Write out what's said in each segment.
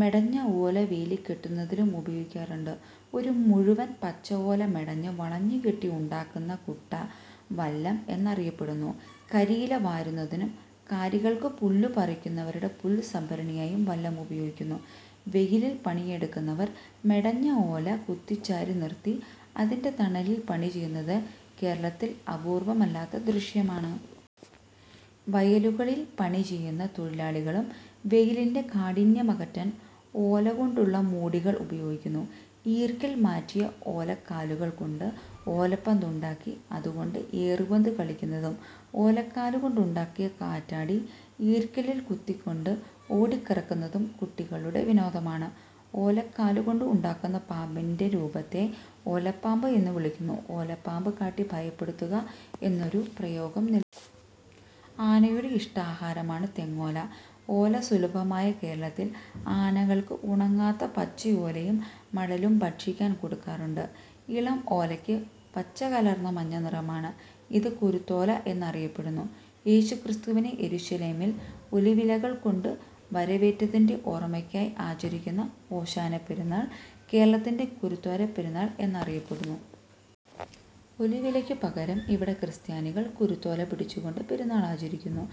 മെടഞ്ഞ ഓല വേലി കെട്ടുന്നതിനും ഉപയോഗിക്കാറുണ്ട്. ഒരു മുഴുവൻ പച്ച ഓല മെടഞ്ഞ് വളച്ചുകെട്ടി ഉണ്ടാക്കുന്ന കുട്ട വല്ലം എന്നറിയപ്പെടുന്നു. കരിയില വാരുന്നതിനും കാലികൾക്ക് പുല്ല് പറിക്കുന്നവരുടെ പുൽ സംഭരണിയായും വല്ലം ഉപയോഗിക്കുന്നു. വെയിലിൽ പണിയെടുക്കുന്നവർ മെടഞ്ഞ ഓല കുത്തിച്ചാരി നിറുത്തി അതിന്റെ തണലിൽ പണി ചെയ്യുന്നത് കേരളത്തിൽ അപൂർവ്വമല്ലാത്ത ദൃശ്യമാണ്. വയലുകളിൽ പണിചെയ്യുന്ന തൊഴിലാളികളും വെയിലിന്റെ കാഠിന്യമകറ്റാൻ ഓലകൊണ്ടുള്ള മൂടികൾ ഉപയോഗിക്കുന്നു. ഈർക്കിൽ മാറ്റിയ ഓലക്കാലുകൾ കൊണ്ട് ഓലപ്പന്ത് ഉണ്ടാക്കി അതുകൊണ്ട് ഏറുപന്ത് കളിക്കുന്നതും ഓലക്കാലുകൊണ്ടുണ്ടാക്കിയ കാറ്റാടി ഈർക്കിലിൽ കുത്തിക്കൊണ്ട് ഓടിക്കറക്കുന്നതും കുട്ടികളുടെ വിനോദമാണ്. ഓലക്കാലുകൊണ്ട് ഉണ്ടാക്കുന്ന പാമ്പിന്റെ രൂപത്തെ ഓലപ്പാമ്പ് എന്ന് വിളിക്കുന്നു. 'ഓലപ്പാമ്പ് കാട്ടി ഭയപ്പെടുത്തുക' എന്നൊരു പ്രയോഗം നിലവിലുണ്ട്. ആനയുടെ ഇഷ്ടാഹാരമാണ് തെങ്ങോല. ഓല സുലഭമായ കേരളത്തിൽ ആനകൾക്ക് ഉണങ്ങാത്ത പച്ച ഓലയും മടലും ഭക്ഷിക്കാൻ കൊടുക്കാറുണ്ട്. ഇളം ഓലക്ക് പച്ചകലർന്ന മഞ്ഞ നിറമാണ്. ഇത് കുരുത്തോല എന്നറിയപ്പെടുന്നു. യേശുക്രിസ്തുവിനെ യെരുശലേമിൽ ഒലിവിലകൾ കൊണ്ടു വരവേറ്റതിന്റെ ഓർമ്മക്കായി ആചരിക്കുന്ന ഓശാന പെരുനാൾ കേരളത്തിൽ കുരുത്തോല പെരുനാള് എന്നറിയപ്പെടുന്നു. ഒലിവിലക്കു പകരം ഇവിടെ ക്രിസ്ത്യാനികൾ കുരുത്തോല പിടിച്ചുകൊണ്ട് പെരുനാൾ ആചരിക്കുന്നു.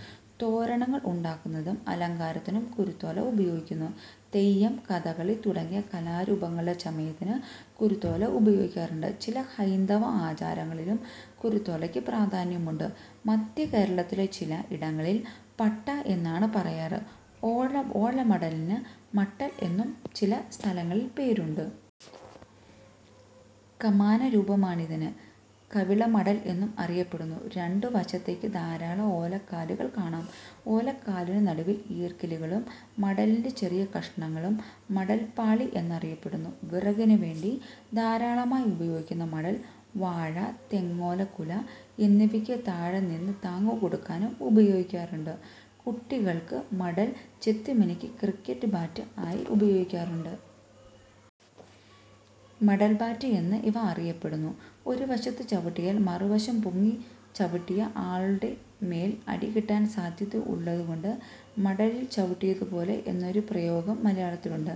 തോരണങ്ങൾ ഉണ്ടാക്കുന്നതിനും അലങ്കാരത്തിനും കുരുത്തോല ഉപയോഗിക്കുന്നു. തെയ്യം, കഥകളി തുടങ്ങിയ കലാരൂപങ്ങളുടെ ചമയത്തിന് കുരുത്തോല ഉപയോഗിക്കാറുണ്ട്. ചില ഹൈന്ദവ ആചാരങ്ങളിലും കുരുത്തോലക്കു പ്രാധാന്യമുണ്ട്. മധ്യകേരളത്തിലെ ചില ഇടങ്ങളിൽ പട്ട എന്നാണ് പറയാറ്. ഓലമടലിന് മട്ടൽ എന്നും ചിലസ്ഥലങ്ങളിൽ പേരുണ്ട്. കമാന രൂപമാണിതിന്, കവിള മടൽ എന്നും അറിയപ്പെടുന്നു. രണ്ടു വശത്തെക്ക് ധാരാളം ഓലക്കാലുകൾ കാണാം. ഓലക്കാലിന് നടുവിൽ ഈർക്കിലുകളും. മടലിന്റെ ചെറിയ കഷണങ്ങൾ മടൽപ്പൊളി എന്നറിയപ്പെടുന്നു. വിറകിനുവേണ്ടി ധാരാളമായി ഉപയോഗിക്കുന്ന മടൽ, വാഴ, തേങ്ങാക്കുല എന്നിവയ്ക്ക് താഴെനിന്ന് താങ്ങ് കൊടുക്കാനും ഉപയോഗിക്കാറുണ്ട്. കുട്ടികൾ മടൽ ചെത്തിമിനുക്കി ക്രിക്കറ്റ് ബാറ്റ് ആയി ഉപയോഗിക്കാറുണ്ട്. മടൽ ബാറ്റ് എന്ന് ഇവ അറിയപ്പെടുന്നു. ഒരു വശത്ത് ചവിട്ടിയാൽ മറുഭാഗം പൊങ്ങി ചവിട്ടിയ ആളുടെ മേൽ അടികിട്ടാൻ സാധ്യത ഉള്ളത് കൊണ്ട് മടലിൽ ചവിട്ടിയത് പോലെ എന്നൊരു പ്രയോഗം മലയാളത്തിലുണ്ട്.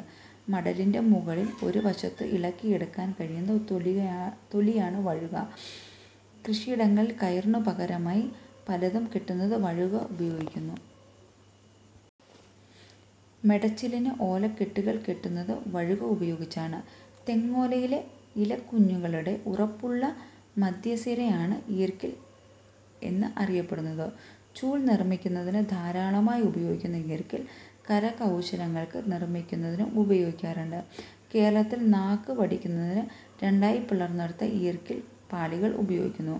മടലിന്റെ മുകൾ വശത്തുനിന്ന് ഇളക്കിയെടുക്കാൻ കഴിയുന്ന തൊലിയാണ് വഴുക. കൃഷിയിടങ്ങളിൽ കയറിനു പകരമായി പലതും കെട്ടുന്നതിന് വഴുക ഉപയോഗിക്കുന്നു. മെടച്ചിലിന് ഓലക്കെട്ടുകൾ കെട്ടുന്നത് വഴുക ഉപയോഗിച്ചാണ്. തെങ്ങോലയിലെ ഇലക്കുഞ്ഞുങ്ങളുടെ ഉറപ്പുള്ള മധ്യസിര ആണ് ഈർക്കിൽ എന്ന് അറിയപ്പെടുന്നത്. ചൂൽ നിർമ്മിക്കുന്നതിന് ധാരാളമായി ഉപയോഗിക്കുന്ന ഈർക്കിൽ, കരകൗശലവസ്തുക്കൾ നിർമ്മിക്കുന്നതിനും ഉപയോഗിക്കാറുണ്ട്. കേരളത്തിൽ നാക്ക് വടിക്കുന്നതിന് രണ്ടായി പിളർന്നെടുത്ത പച്ച ഈർക്കിൽ പാളികൾ ഉപയോഗിക്കുന്നു.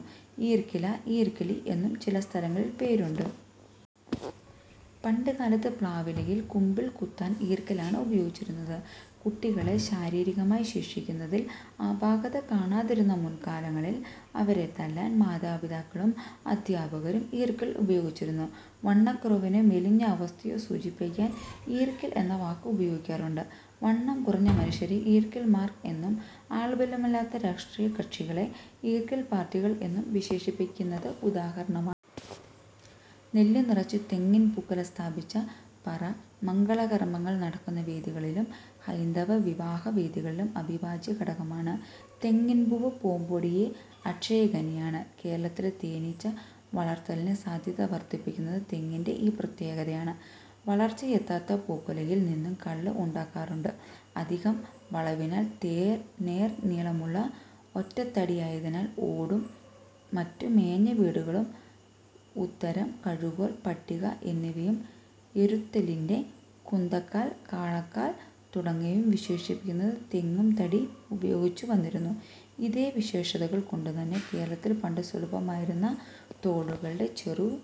ഈർക്കില, ഈർക്കിലി എന്നും ചില സ്ഥലങ്ങളിൽ പേരുണ്ട്. പണ്ടുകാലത്ത് പ്ലാവിലയിൽ കുമ്പിൾ കുത്താൻ ഈർക്കിലാണ് ഉപയോഗിച്ചിരുന്നത്. കുട്ടികളെ ശാരീരികമായി ശിക്ഷിക്കുന്നതിൽ അപാകത കാണാതിരുന്ന മുൻകാലങ്ങളിൽ അവരെ തല്ലാൻ മാതാപിതാക്കളും അദ്ധ്യാപകരും ഈർക്കിൽ ഉപയോഗിച്ചിരുന്നു. വണ്ണക്കുറവിനെയോ മെലിഞ്ഞ അവസ്ഥയേയോ സൂചിപ്പിക്കാൻ ഈർക്കിൽ എന്ന വാക്ക് ഉപയോഗിക്കാറുണ്ട്. വണ്ണംകുറഞ്ഞ മനുഷ്യരെ ഈർക്കിൽ മാർക്ക് എന്നും ആൾബലമില്ലാത്ത രാഷ്ട്രീയകക്ഷികളെ ഈർക്കിൽ പാർട്ടികൾ എന്നും വിശേഷിപ്പിക്കുന്നത് ഉദാഹരണമാണ്. നെല്ലു നിറച്ച് തെങ്ങിൻ പൂക്കുല സ്ഥാപിച്ച പറ മംഗളകർമ്മങ്ങൾ നടക്കുന്ന വേദികളിലും, ഹൈന്ദവ വിവാഹ വേദികളിലും അവിഭാജ്യ ഘടകമാണ്. തെങ്ങിൻ പൂവ് പൂമ്പൊടിയുടെ അക്ഷയ ഖനിയാണ്. കേരളത്തിൽ തേനീച്ച വളർത്തലിന്റെ സാധ്യതകൾ വർദ്ധിപ്പിക്കുന്നത് തെങ്ങിന്റെ ഈ പ്രത്യേകതയാണ്. വളർച്ചയെത്താത്ത പൂക്കുലയിൽ നിന്നും കള്ള് ഉണ്ടാക്കാറുണ്ട്. അധികം വളവില്ലാതെ നേർ നീളമുള്ള ഒറ്റത്തടിയായതിനാൽ ഓടും മറ്റും മേഞ്ഞ വീടുകളുടെ ഉത്തരം, കഴുക്കോൽ, പട്ടിക എന്നിവയും, എരുത്തിലിന്റെ കുന്തക്കാൽ, കാളക്കാൽ തുടങ്ങിയവയും ഉണ്ടാക്കുന്നതിന് തെങ്ങും തടി ഉപയോഗിച്ചു വന്നിരുന്നു. ഇതേ സവിശേഷതകൾ കൊണ്ടുതന്നെ കേരളത്തിൽ പണ്ട് സുലഭമായിരുന്ന തോടുകളുടെയും ചെറു